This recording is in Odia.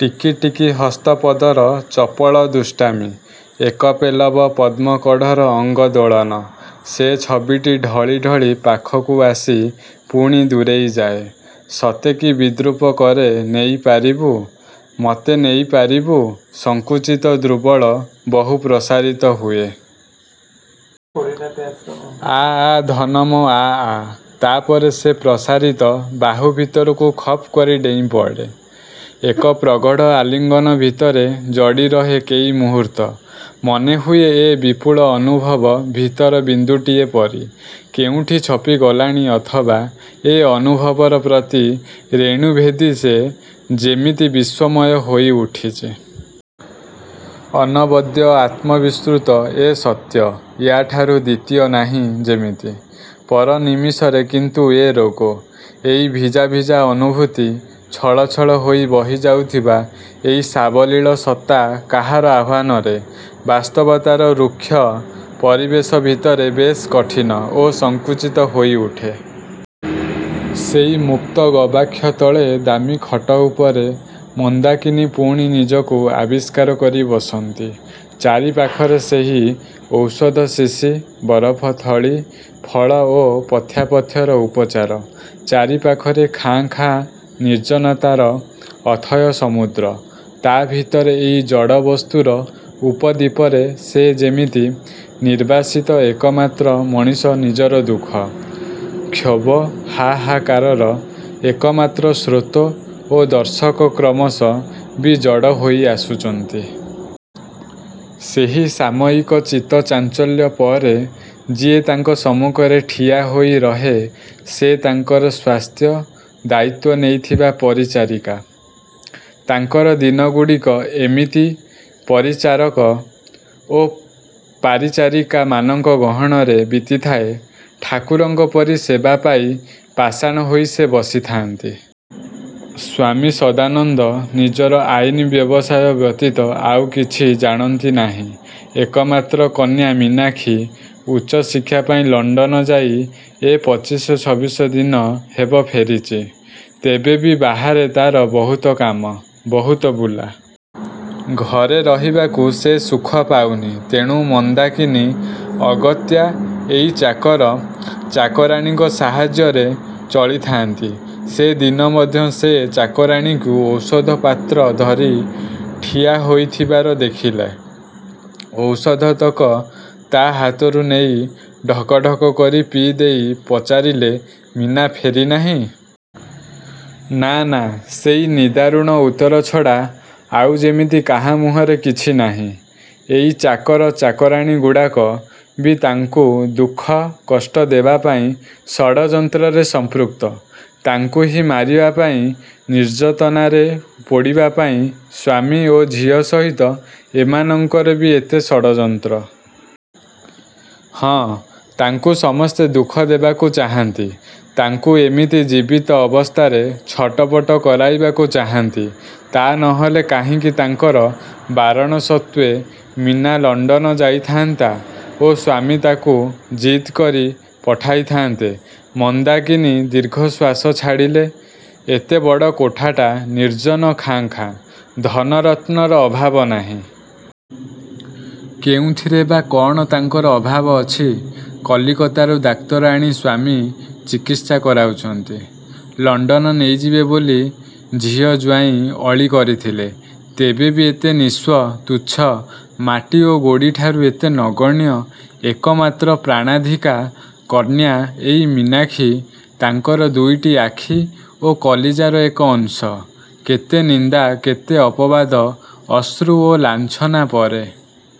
ଟିକି ଟିକି ହସ୍ତପଦର ଚପଳ ଦୁଷ୍ଟାମୀ । ଏକ ପେଲବ ପଦ୍ମ କଢ଼ର ଅଙ୍ଗ ଦୋଳନ। ସେ ଛବିଟି ଢଳି ଢଳି ପାଖକୁ ଆସି ପୁଣି ଦୂରେଇ ଯାଏ । ସତେ କି ବିଦ୍ରୁପ କରେ, ନେଇ ପାରିବୁ? ମତେ ନେଇ ପାରିବୁ? ସଂକୁଚିତ ଦୁର୍ବଳ ବାହୁ ପ୍ରସାରିତ ହୁଏ। ଆ ଆ ଧନ ମୋ ଆ ଆ । ତାପରେ ସେ ପ୍ରସାରିତ ବାହୁ ଭିତରକୁ ଖପ୍ କରି ଡେଇଁପଡ଼େ। ଏକ ପ୍ରଗଢ଼ ଆଲିଙ୍ଗନ ଭିତରେ ଜଡ଼ି ରହେ କେଇ ମୁହୂର୍ତ୍ତ। ମନେହୁଏ ଏ ବିପୁଳ ଅନୁଭବ ଭିତରେ ବିନ୍ଦୁଟିଏ ପରି କେଉଁଠି ଛପି ଗଲାଣି ଅଥବା ଏ ଅନୁଭବର ପ୍ରତି ରେଣୁ ଭେଦି ସେ ଯେମିତି ବିଶ୍ଵମୟ ହୋଇ ଉଠିଛି। ଅନବଦ୍ୟ, ଆତ୍ମବିସ୍ତୃତ ଏ ସତ୍ୟ । ୟା ଠାରୁ ଦ୍ଵିତୀୟ ନାହିଁ ଯେମିତି । ପର ନିମିଷରେ କିନ୍ତୁ ଏ ରୋଗ, ଏଇ ଭିଜା ଭିଜା ଅନୁଭୂତି। ଛଳ ଛଳ ହୋଇ ବହିଯାଉଥିବା ଏଇ ସାବଲୀଳ ସତ୍ତା କାହାର ଆହ୍ଵାନରେ ବାସ୍ତବତାର ରୁକ୍ଷ ପରିବେଶ ଭିତରେ ବେଶ୍ କଠିନ ଓ ସଙ୍କୁଚିତ ହୋଇ ଉଠେ। ସେଇ ମୁକ୍ତ ଗବାକ୍ଷ ତଳେ ଦାମି ଖଟ ଉପରେ ମନ୍ଦାକିନୀ ପୁଣି ନିଜକୁ ଆବିଷ୍କାର କରି ବସନ୍ତି। ଚାରି ପାଖରେ ସେହି ଔଷଧ ଶିଶି, ବରଫଥଳି, ଫଳ ଓ ପଥ୍ୟାପଥ୍ୟର ଉପଚାର। ଚାରି ପାଖରେ ଖାଁ ଖାଁ ନିର୍ଜନତାର ଅଥୟ ସମୁଦ୍ର। ତା ଭିତରେ ଏଇ ଜଡ଼ ବସ୍ତୁର ଉପଦ୍ୱୀପରେ ସେ ଯେମିତି ନିର୍ବାସିତ ଏକମାତ୍ର ମଣିଷ ନିଜର ଦୁଃଖ, କ୍ଷୋଭ, ହାହାକାର ର ଏକମାତ୍ର ଶ୍ରୋତ ଓ ଦର୍ଶକ କ୍ରମଶ ବି ଜଡ଼ ହୋଇ ଆସୁଚନ୍ତି । ସେହି ସାମୟିକ ଚିତ୍ତ ଚାଞ୍ଚଲ୍ୟ ପରେ ଯିଏ ତାଙ୍କ ସମ୍ମୁଖରେ ଠିଆ ହୋଇ ରହେ ସେ ତାଙ୍କର ସ୍ୱାସ୍ଥ୍ୟ ଦାୟିତ୍ଵ ନେଇଥିବା ପରିଚାରିକା । ତାଙ୍କର ଦିନଗୁଡ଼ିକ ଏମିତି ପରିଚାରକ ଓ ପାରିଚାରିକା ମାନଙ୍କ ଗହଣରେ ବିତିଥାଏ। ଠାକୁର ପରି ସେବା ପାଇ ପାଷାଣ ହୋଇ ସେ ବସିଥାନ୍ତି । ସ୍ୱାମୀ ସଦାନନ୍ଦ ନିଜର ଆଇନ ବ୍ୟବସାୟ ବ୍ୟତୀତ ଆଉ କିଛି ଜାଣନ୍ତି ନାହିଁ। ଏକମାତ୍ର କନ୍ୟା ମୀନାକ୍ଷୀ ଉଚ୍ଚ ଶିକ୍ଷାପାଇଁ ଲଣ୍ଡନ ଯାଇ ଏ ପିଚିଶ ଛବିଶ ଦିନ ହେବ ଫେରିଚି । ତେବେ ବି ବାହାରେ ତାର ବହୁତ କାମ, ବହୁତ ବୁଲା । ଘରେ ରହିବାକୁ ସେ ସୁଖ ପାଉନି, ତେଣୁ ମନ୍ଦାକିନୀ ଅଗତ୍ୟା ଏଇ ଚାକର, ଚାକରାଣୀଙ୍କ ସାହାଯ୍ୟରେ ଚଳିଥାନ୍ତି। ସେ ଦିନ ମଧ୍ୟ ସେ ଚାକରାଣୀକୁ ଔଷଧ ପାତ୍ର ଧରି ଠିଆ ହୋଇଥିବାର ଦେଖିଲେ। ଔଷଧତକ ତା ହାତରୁ ନେଇ ଢକଢ଼କ କରି ପିଇ ଦେଇ ପଚାରିଲେ, ମୀନା ଫେରି ନାହିଁ? ନାଁ ନାଁ ସେଇ ନିଦାରୁଣ ଉତ୍ତର ଛଡ଼ା ଆଉ ଯେମିତି କାହା ମୁହଁରେ କିଛି ନାହିଁ। ଏଇ ଚାକର, ଚାକରାଣୀଗୁଡ଼ାକ ବି ତାଙ୍କୁ ଦୁଃଖ, କଷ୍ଟ ଦେବାପାଇଁ ଷଡ଼ଯନ୍ତ୍ର ରେ ସଂପୃକ୍ତ। ତାଙ୍କୁ ହିଁ ମାରିବାପାଇଁ, ନିର୍ଜତନା ରେ ପୋଡ଼ିବାପାଇଁ ସ୍ୱାମୀ ଓ ଝିଅ ସହିତ ଏମାନଙ୍କର ବି ଏତେ ଷଡ଼ଯନ୍ତ୍ର । ହଁ ତାଙ୍କୁ ସମସ୍ତେ ଦୁଃଖ ଦେବାକୁ ଚାହାନ୍ତି, ତାଙ୍କୁ ଏମିତି ଜୀବିତ ଅବସ୍ଥାରେ ଛଟପଟ କରାଇବାକୁ ଚାହାନ୍ତି ତା ନହେଲେ କାହିଁକି ତାଙ୍କର ବାରଣସତ୍ତ୍ୱେ ମୀନା ଲଣ୍ଡନ ଯାଇଥାନ୍ତା ଓ ସ୍ୱାମୀ ତାକୁ ଜିଦ୍ କରି ପଠାଇଥାନ୍ତେ? ମନ୍ଦାକିନୀ ଦୀର୍ଘଶ୍ଵାସ ଛାଡ଼ିଲେ । ଏତେ ବଡ଼ କୋଠାଟା ନିର୍ଜନ ଖାଁ ଖାଁ, ଧନରତ୍ନର ଅଭାବ ନାହିଁ। କେଉଁଥିରେ ବା କଣ ତାଙ୍କର ଅଭାବ ଅଛି । କଲିକତାରୁ ଡାକ୍ତର ଆଣି ସ୍ୱାମୀ ଚିକିତ୍ସା କରାଉଛନ୍ତି। ଲଣ୍ଡନ ନେଇଯିବେ ବୋଲି ଝିଅ, ଜ୍ଵାଇଁ ଅଳି କରିଥିଲେ। ତେବେ ବି ଏତେ ନିଃସ୍ୱ, ତୁଚ୍ଛ ମାଟି ଓ ଗୋଡ଼ିଠାରୁ ଏତେ ନଗଣ୍ୟ । ଏକମାତ୍ର ପ୍ରାଣାଧିକା କନ୍ୟା ଏଇ ମୀନାକ୍ଷୀ, ତାଙ୍କର ଦୁଇଟି ଆଖି ଓ କଲିଜାର ଏକ ଅଂଶ। କେତେ ନିନ୍ଦା କେତେ ଅପବାଦ, ଅଶ୍ରୁ ଓ ଲାଞ୍ଛନା ପରେ